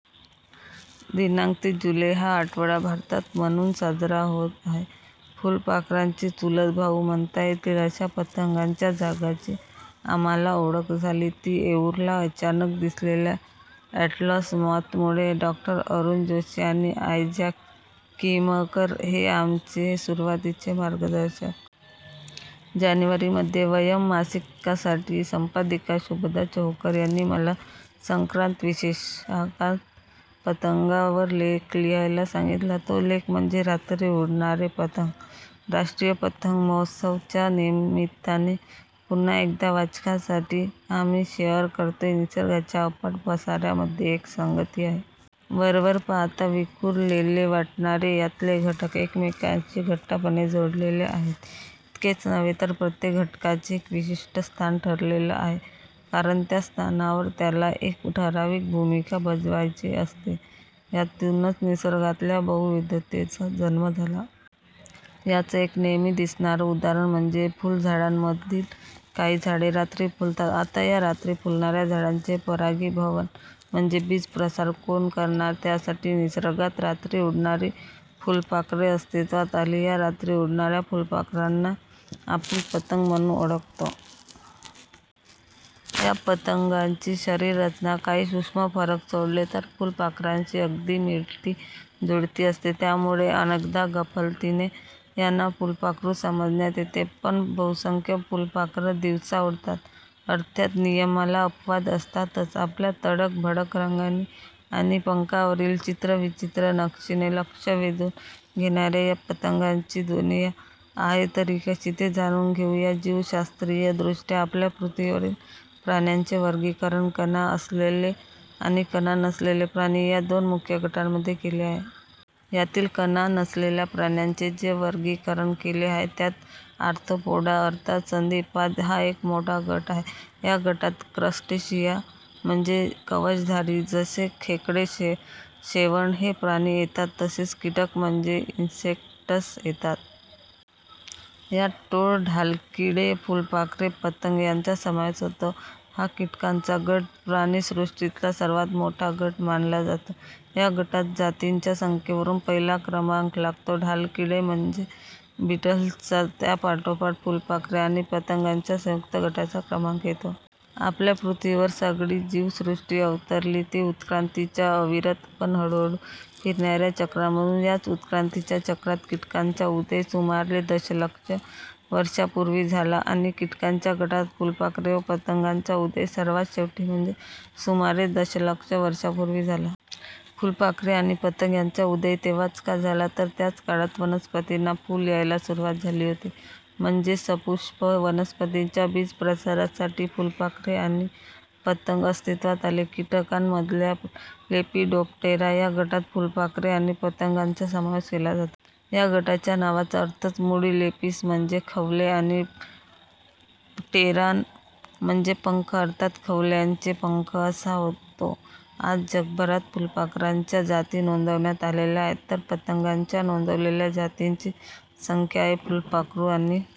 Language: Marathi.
दि. ते जुलै हा आठवडा भारतात म्हणून साजरा होत आहे. फुलपाखरांचे चुलतभाऊ म्हणता येतील अशा पतंगांच्या जगाची आम्हांला ओळख झाली, ती येऊरला अचानक दिसलेल्या अॅटलास मॉथ मुळे. डॉ. अरूण जोशी आणि आयझॅक किहीमकर हे आमचे सुरुवातीचे मार्गदर्शक. जानेवारी मध्ये ''वयम्'' मासिकासाठी संपादिका शुभदा चौकर यांनी मला संक्रांत विशेषांकात ''पतंगां''वर लेख लिहायला सांगितला, तो लेख म्हणजे- 'रात्री उडणारे पतंग'. 'राष्ट्रीय ''पतंग'' महोत्सव 'च्या निमित्ताने पुन्हा एकदा वाचकांसाठी आम्ही शेअर करतोय- निसर्गाच्या अफाट पसाऱ्यामध्ये एक संगती आहे. वर वर पाहता विखुरलेले वाटणारे यातले घटक एकमेकांशी घट्टपणे जोडलेले आहेत. इतकेच नव्हे तर प्रत्येक घटकाचे एक विशिष्ठ स्थान ठरलेलं आहे, कारण त्या स्थानावर त्याला एक ठराविक भूमिका बजावायची असते. यातूनच निसर्गातल्या बहुविधतेचा जन्म झाला. याचं एक नेहमी दिसणारं उदाहरण म्हणजे, फुलझाडांमधील काही झाडे रात्री फुलतात. आता या रात्री फुलणाऱ्या झाडांचे परागीभवन म्हणजे बीज प्रसार कोण करणार? त्यासाठी निसर्गात रात्री उडणारी फुलपाखरे अस्तित्वात आली. या रात्री उडणाऱ्या फुलपाखरांना आपण 'पतंग' म्हणून ओळखतो. या पतंगांची शरीर रचना काही सूक्ष्म फरक सोडले तर फुलपाखरांशी अगदी मिळती जुळती असते, त्यामुळे अनेकदा गफलतीने यांना फुलपाखरू समजण्यात येते. पण बहुसंख्य फुलपाखरं दिवसा उडतात. अर्थात नियमाला अपवाद असतातच. आपल्या तडक भडक रंगांनी आणि पंखांवरील चित्रविचित्र नक्षिने लक्ष वेधून घेणाऱ्या या पतंगांची दुनिया आहे तरी कशी ते जाणून घेऊ या जीवशास्त्रीय दृष्ट्या आपल्या पृथ्वीवरील प्राण्यांचे वर्गिकरण कणा असलेले आणि कणा नसलेले प्राणी या दोन मुख्य गटांमध्ये केले आहे. यातील कणा नसलेल्या प्राण्यांचे जे वर्गिकरण केले आहे, त्यात ऑर्थोपोडा अर्थात संधिपाद हा एक मोठा गट आहे. या गटात क्रस्टेशिया म्हणजे कवचधारी जसे खेकडे, शेवंड हे प्राणी येतात तसेच कीटक म्हणजे इन्सेक्टस येतात. यांत टोळ, ढालकिडे, फुलपाखरे, पतंग यांचा समावेश होतो. हा कीटकांचा गट प्राणिसृष्टीतला सर्वात मोठा गट मानला जातो. या गटात जातींच्या संख्येवरुन पहिला क्रमांक लागतो ढालकिडे म्हणजे बिटल्सचा. त्यापाठोपाठ फुलपाखरे आणि पतंगांच्या संयुक्त गटाचा क्रमांक येतो. आपल्या पृथ्वीवर सगळी जीवसृष्टी अवतरली ती उत्क्रांतीच्या अविरत पण हळूहळू फिरणाऱ्या चक्रामधून. याच उतक्रांतीच्या चक्रात कीटकांचा उदय सुमारे दशलक्ष वर्षांपूर्वी झाला आणि किटकांच्या गटात फुलपाखरे व पतंगांचा उदय सर्वात शेवटी म्हणजे सुमारे दशलक्ष वर्षांपूर्वी झाला. फुलपाखरे आणि पतंग यांचा उदय तेव्हाच का झाला? तर त्याच काळात वनस्पतींना फुलं यायला सुरवात झाली होती, म्हणजे सपुष्प वनस्पतींच्या बीजप्रसारासाठी फुलपाखरे आणी पतंग अस्तित्वात आले. कीटकांमधल्या लेपिडोप्टेरा या गटात फुलपाखरे आणि पतंगांचा समावेश केला जातो. या गटाच्या नावाचा अर्थच मुळी लेपिस म्हणजे खवले आणि प्टेरॉन म्हणजे पंख अर्थात खवल्यांचे पंख असा होतो. आज जगभरात फुलपाखरांच्या जाती नोंदवण्यात आलेल्या आहेत, तर पतंगांच्या नोंदवलेल्या जातींची संख्या आहे. फुलपाखरू आणि